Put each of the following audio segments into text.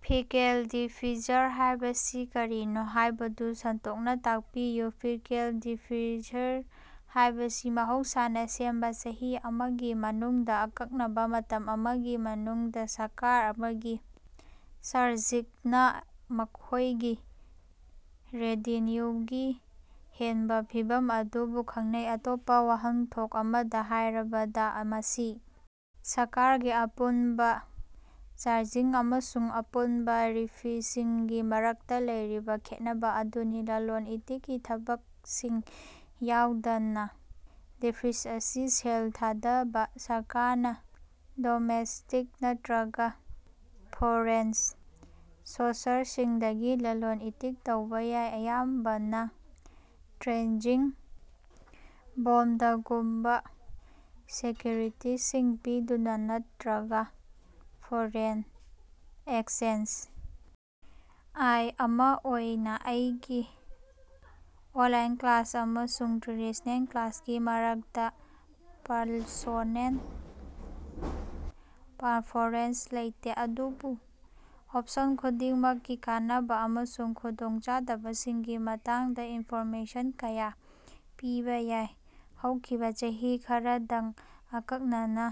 Fiscal deficit ꯍꯥꯏꯕꯁꯤ ꯀꯔꯤꯅꯣ ꯍꯥꯏꯕꯗꯨ ꯁꯟꯗꯣꯛꯅꯥ ꯇꯥꯛꯄꯤꯌꯨ꯫ ꯐꯤꯁ꯭ꯀꯦꯜ ꯗꯦꯐꯤꯁꯤꯠ ꯍꯥꯏꯕꯁꯤ ꯃꯍꯧꯁꯥꯅꯥ ꯁꯦꯝꯕꯥ ꯆꯍꯤ ꯑꯃꯒꯤ ꯃꯅꯨꯡꯗꯥ ꯑꯀꯛꯅꯕꯥ ꯃꯇꯝ ꯑꯃꯒꯤ ꯃꯅꯨꯡꯗꯥ ꯁꯔꯀꯥꯔ ꯑꯃꯒꯤ ꯆꯥꯔꯖꯤꯡꯅꯥ ꯃꯈꯣꯢꯒꯤ ꯔꯦꯚꯦꯅꯌꯨꯗꯒꯤ ꯍꯦꯟꯕꯥ ꯐꯤꯚꯝ ꯑꯗꯨꯕꯨ ꯈꯪꯅꯩ꯫ ꯑꯇꯣꯞꯄꯥ ꯋꯥꯍꯟꯊꯣꯛ ꯑꯃꯗꯥ ꯍꯥꯏꯔꯕꯗꯥ, ꯃꯁꯤ ꯁꯔꯀꯥꯔꯒꯤ ꯑꯄꯨꯟꯕꯥ ꯆꯥꯔꯖꯤꯡ ꯑꯃꯁꯨꯡ ꯑꯄꯨꯟꯕꯥ ꯔꯤꯁꯤꯞꯁꯤꯡꯒꯤ ꯃꯔꯛꯇꯥ ꯂꯩꯔꯤꯕꯥ ꯈꯦꯠꯅꯕꯥ ꯑꯗꯨꯅꯤ, ꯂꯂꯣꯟ-ꯏꯇꯤꯛꯀꯤ ꯊꯕꯛꯁꯤꯡ ꯌꯥꯎꯗꯅꯥ꯫ ꯗꯦꯐꯤꯁꯤꯠ ꯑꯁꯤ ꯁꯦꯜ ꯊꯥꯗꯅꯕꯥ ꯁꯔꯀꯥꯔꯅꯥ ꯗꯣꯃꯦꯁ꯭ꯇꯤꯛ ꯅꯠꯇꯔꯒꯥ ꯐꯣꯔꯦꯟ ꯁꯣꯔꯁꯁꯤꯡꯗꯒꯤ ꯂꯂꯣꯟ-ꯏꯇꯤꯛ ꯇꯧꯕꯥ ꯌꯥꯏ, ꯑꯌꯥꯝꯕꯅꯥ ꯇ꯭ꯔꯦꯖꯔꯤ ꯕꯣꯟꯗꯒꯨꯝꯕꯥ ꯁꯦꯀꯌꯨꯔꯤꯇꯤꯁꯤꯡ ꯄꯤꯗꯨꯅꯥ ꯅꯠꯇꯔꯒꯥ ꯐꯣꯔꯦꯟ ꯑꯦꯛꯆꯦꯟꯖ ꯑꯥꯏ. ꯑꯃꯥ ꯑꯣꯏꯅꯥ ꯑꯩꯒꯤ ꯑꯣꯟꯂꯥꯏꯟ ꯀ꯭ꯂꯥꯁ ꯑꯃꯁꯨꯡ ꯇ꯭ꯔꯦꯗꯤꯁ꯭ꯅꯦꯜ ꯀ꯭ꯂꯥꯁꯀꯤ ꯃꯔꯛꯇꯥ ꯄꯔꯁꯣꯅꯦꯜ ꯄꯔꯐꯣꯔꯦꯟꯁ ꯂꯩꯇꯦ, ꯑꯗꯨꯕꯨ ꯑꯣꯞꯁꯟ ꯈꯨꯗꯤꯡꯃꯛꯀꯤ ꯀꯥꯟꯅꯕꯥ ꯑꯃꯁꯨꯡ ꯈꯨꯗꯣꯡꯆꯥꯗꯕꯁꯤꯡꯒꯤ ꯃꯇꯥꯡꯗꯥ ꯏꯟꯐꯣꯔꯃꯦꯁꯟ ꯈꯔꯥ ꯄꯤꯕꯥ ꯌꯥꯏ꯫ ꯍꯧꯈꯤꯕꯥ ꯆꯍꯤ ꯈꯔꯁꯤꯗꯥ ꯑꯈꯟꯅꯅꯥ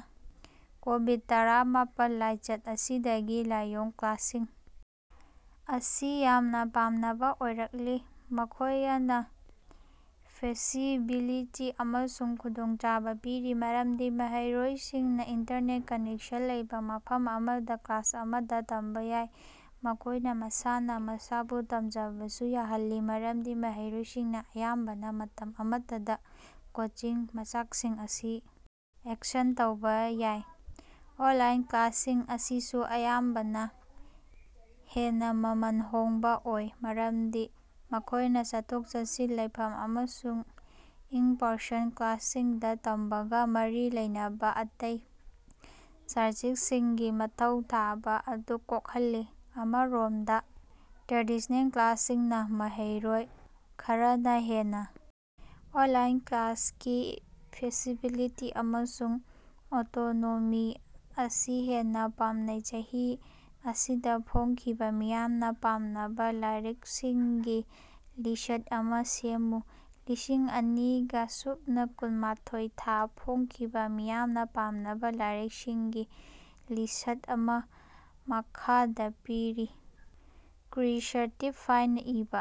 ꯀꯣꯕꯤꯠ-ꯇꯔꯥꯃꯥꯄꯜ ꯂꯥꯏꯆꯠ ꯑꯁꯤꯗꯒꯤ ꯑꯣꯟꯂꯥꯏꯟ ꯀ꯭ꯂꯥꯁꯁꯤꯡ ꯑꯁꯤ ꯌꯥꯝꯅꯥ ꯄꯥꯝꯅꯕꯥ ꯑꯣꯏꯔꯛꯂꯤ꯫ ꯃꯈꯣꯌꯅꯥ ꯐ꯭ꯂꯦꯛꯁꯤꯕꯤꯂꯤꯇꯤ ꯑꯃꯁꯨꯡ ꯈꯨꯗꯣꯡꯆꯥꯕꯥ ꯄꯤꯔꯤ, ꯃꯔꯝꯗꯤ ꯃꯍꯩꯔꯣꯏꯁꯤꯡꯅꯥ ꯏꯟꯇꯔꯅꯦꯠ ꯀꯅꯦꯛꯁꯟ ꯂꯩꯕꯥ ꯃꯐꯝ ꯑꯃꯗꯒꯤ ꯀ꯭ꯂꯥꯁ ꯑꯃꯗꯥ ꯇꯝꯕꯥ ꯌꯥꯏ꯫ ꯃꯈꯣꯏꯅꯥ ꯃꯁꯥꯅꯥ ꯃꯁꯥꯕꯨ ꯇꯝꯖꯕꯁꯨ ꯌꯥꯍꯜꯂꯤ, ꯃꯔꯝꯗꯤ ꯃꯍꯩꯔꯣꯏꯁꯤꯡꯅꯥ ꯑꯌꯥꯝꯕꯅꯥ ꯃꯇꯝ ꯑꯃꯠꯇꯗꯥ ꯀꯣꯔꯁꯀꯤ ꯃꯆꯥꯛꯁꯤꯡ ꯑꯁꯤ ꯑꯦꯛꯁꯦꯁ ꯇꯧꯕꯥ ꯌꯥꯏ꯫ ꯑꯣꯟꯂꯥꯏꯟ ꯀ꯭ꯂꯥꯁꯁꯤꯡ ꯑꯁꯤꯁꯨ ꯑꯌꯥꯝꯕꯅꯥ ꯍꯦꯟꯅꯥ ꯃꯃꯜ ꯍꯣꯡꯕꯥ ꯑꯣꯏ, ꯃꯔꯝꯗꯤ ꯃꯈꯣꯏꯅꯥ ꯆꯠꯊꯣꯛ-ꯆꯠꯁꯤꯟ, ꯂꯩꯐꯝ ꯑꯃꯁꯨꯡ ꯏꯟ-ꯄꯔꯁꯟ ꯀ꯭ꯂꯥꯁꯁꯤꯡꯗꯥ ꯇꯝꯕꯒꯥ ꯃꯔꯤ ꯂꯩꯅꯕꯥ ꯑꯇꯩ ꯆꯥꯔꯖꯤꯡꯁꯤꯡꯒꯤ ꯃꯊꯧ ꯇꯥꯕꯥ ꯑꯗꯨ ꯀꯣꯛꯍꯜꯂꯤ꯫ ꯑꯃꯔꯣꯝꯗꯥ, ꯇ꯭ꯔꯦꯗꯤꯁ꯭ꯅꯦꯜ ꯀ꯭ꯂꯥꯁꯁꯤꯡꯅꯥ ꯃꯍꯩꯔꯣꯏ ꯈꯔꯅꯥ ꯍꯦꯟꯅꯥ ꯑꯣꯟꯂꯥꯏꯟ ꯀ꯭ꯂꯥꯁꯁꯤꯡꯒꯤ ꯐ꯭ꯂꯦꯛꯁꯤꯕꯤꯂꯤꯇꯤ ꯑꯃꯁꯨꯡ ꯑꯣꯇꯣꯅꯣꯃꯤ ꯑꯁꯤ ꯍꯦꯟꯅꯥ ꯄꯥꯝꯃꯤ꯫ ꯆꯍꯤ ꯑꯁꯤꯗꯥ ꯐꯣꯡꯈꯤꯕꯥ ꯃꯤꯌꯥꯝꯅꯥ ꯄꯥꯝꯅꯕꯥ ꯂꯥꯏꯔꯤꯀꯁꯤꯡꯒꯤ ꯂꯤꯁ꯭ꯠ ꯑꯃꯥ ꯁꯦꯝꯃꯨ꯫ ꯂꯤꯁꯤꯡ ꯑꯅꯤꯒ ꯁꯨꯞꯅ ꯀꯨꯟꯃꯥꯊꯣꯏ ꯗꯥ ꯐꯣꯡꯈꯤꯕꯥ ꯃꯤꯌꯥꯝꯅꯥ ꯄꯥꯝꯅꯕꯥ ꯂꯥꯏꯔꯤꯛꯁꯤꯡꯒꯤ ꯂꯤꯁ꯭ꯠ ꯑꯃꯥ ꯃꯈꯥꯗꯥ ꯄꯤꯔꯤ: ꯀ꯭ꯔꯤꯁ꯭ꯇꯤꯟ ꯍꯥꯟꯅꯥ ꯏꯕꯥ